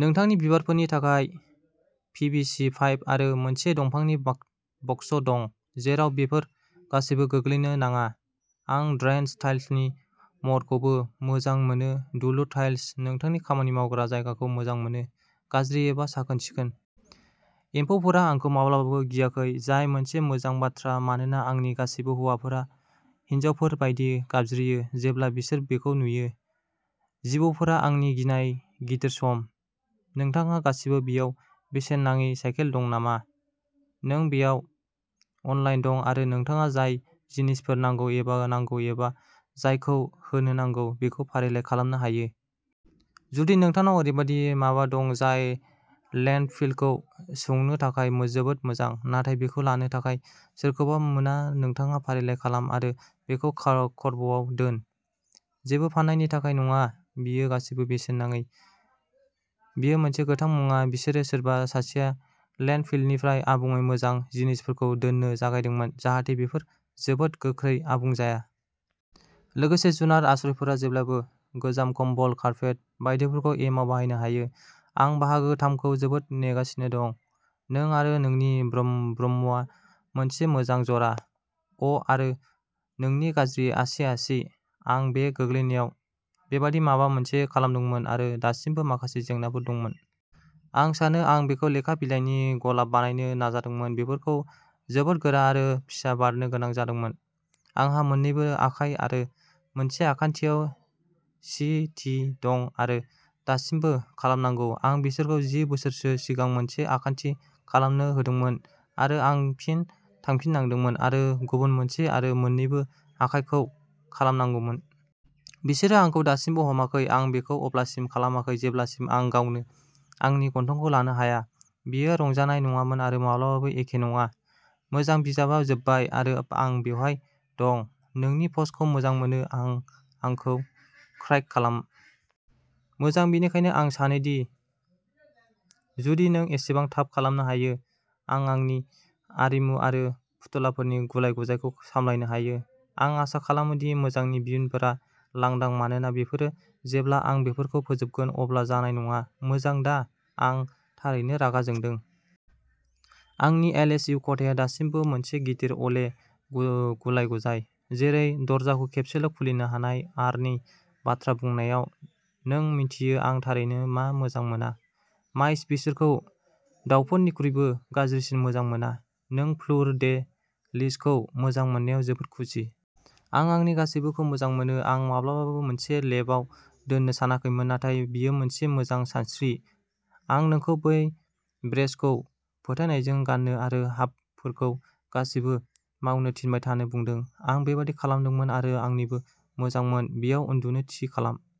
नोंथांनि बिबारफोरनि थाखाय पि भि सि पाइप आरो मोनसे दंफांनि बक्स दं, जेराव बेफोर गासैबो गोग्लैनो नाङा। आं ड्रेनेज टाइल्सनि महरखौबो मोजां मोनो दुलुर टाइल्स! नोंथांनि खामानि मावग्रा जायगाखौ मोजां मोनो, गाज्रि एबा साखोन सिखोन। एम्फौफोरा आंखौ माब्लाबाबो गियाखै, जाय मोनसे मोजां बाथ्रा मानोना आंनि गासैबो हौवाफोरा हिनजावफोर बायदि गाबज्रियो जेब्ला बिसोर बेखौ नुयो। जिबौफोरा आंनि गिनाय गिदिर सम। नोंथांहा गासिबो बेयाव बेसेन नाङि साइकेल दं नामा? जों बेयाव अनलाइन दं आरो नोंथाङा जाय जिनिसफोर नांगौ एबा नांगौ एबा जायखौ होनो नांगौ बेखौ फारिलाइ खालामनो हायो। जुदि नोंथांनाव ओरैबायदि माबा दं जाय लेन्डफिलखौ सौनो थाखाय जोबोद मोजां, नाथाय बेखौ लानो थाखाय सोरखौबा मोना नोंथाङा फारिलाइ खालाम आरो बेखौ कर्बआव दोन। जेबो फाननायनि थाखाय नङा बेयो गासैबो बेसेन नाङि। बेयो मोनसे गोथां मुवा, बिसोरो सोरबा सासेआ लेन्डफिलनिफ्राय आबुङै मोजां जिनिसफोरखौ दोननो जागायदोंमोन जाहाथे बेफोर जोबोद गोख्रै आबुं जाया। लोगोसे जुनार आश्रयफोरा जेब्लाबो गोजाम कम्बल, कार्पेट बायदिफोरखौ एमाव बाहायनो हायो। आं बाहागो थामखौ जोबोद नेगासिनो दं। नों आरो नोंनि ब्रुमआ मोनसे मोजां जरा! अ' आरो नोंनि गाज्रि आसि-आसि! आं बे गोग्लैनायाव बेबादि माबा मोनसे खालामदोंमोन आरो दासिमबो माखासे जेंनाफोर दंमोन। आं सानो आं बेखौ लेखा बिलाइनि गलाब बानायनो नाजादोंमोन, बेफोरखौ जोबोद गोरा आरो फिसा बारनो गोनां जादोंमोन। आंहा मोन्नैबो आखाइ आरो मोनसे आखान्थिआव सि टि दं आरो दासिमबो खालामनांगौ। आं बिसोरखौ जि बोसोरसो सिगां मोनसे आखान्थि खालामनो होदोंमोन आरो आं फिन थांफिननांदोंमोन आरो गुबुन मोनसे आरो मोन्नैबो आखाइखौ खालामनांगौमोन। बिसोरो आंखौ दासिमबो हमाखै। आं बेखौ अब्लासिम खालामाखै जेब्लासिम आं गावनो आंनि गन्थंखौ लानो हाया। बेयो रंजानाय नङामोन आरो माब्लाबाबो एखे नङा। मोजां, बिजाबआ जोबबाय आरो आं बेवहाय दं। नोंनि पस्टखौ मोजां मोनो, नों आंखौ क्र्याक खालाम! मोजां, बेनिखायनो आं सानो जुदि नों एसेबां थाब खालामनो हायो, आं आंनि आरिमु आरो फुथुलाफोरनि गुलाय-गुजायखौ सामलायनो हायो आं आसा खालामो दि मोजांनि बिनफोरा लांदां मानोना बेफोरो जेब्ला आं बेफोरखौ फोजोबगोन अब्ला जानाय नङा मोजां, दा आं थारैनो रागा जोंदों। आंनि एलएसइउ खथाया दासिमबो मोनसे गिदिर अले गुलाय-गुजाय। जेरै दरजाखौ खेबसेल' खुलिनो हानाय। आरनि बाथ्रा बुंनायाव, नों मिन्थियो आं थारैनो मा मोजां मोना? माइस! बिसोरखौ दावफोरनिख्रुइबो गाज्रिसिन मोजां मोना। नों फ्लुर दे लिसखौ मोजां मोननायाव जोबोद खुसि। आं आंनि गासैबोखौ मोजां मोनो! आं माब्लाबाबो मोनसे लेम्पआव दोननो सानाखैमोन नाथाय बेयो मोनसे मोजां सानस्रि। आं नोंखौ बै ब्रेसखौ फोथायनायजों गान्नो आरो हाबफोरखौ गासैबो मावनो थिनबाय थानो बुंदों। आं बेबादि खालामदोंमोन आरो आंनिबो मोजांमोन। बेयाव उन्दुनो थि खालाम!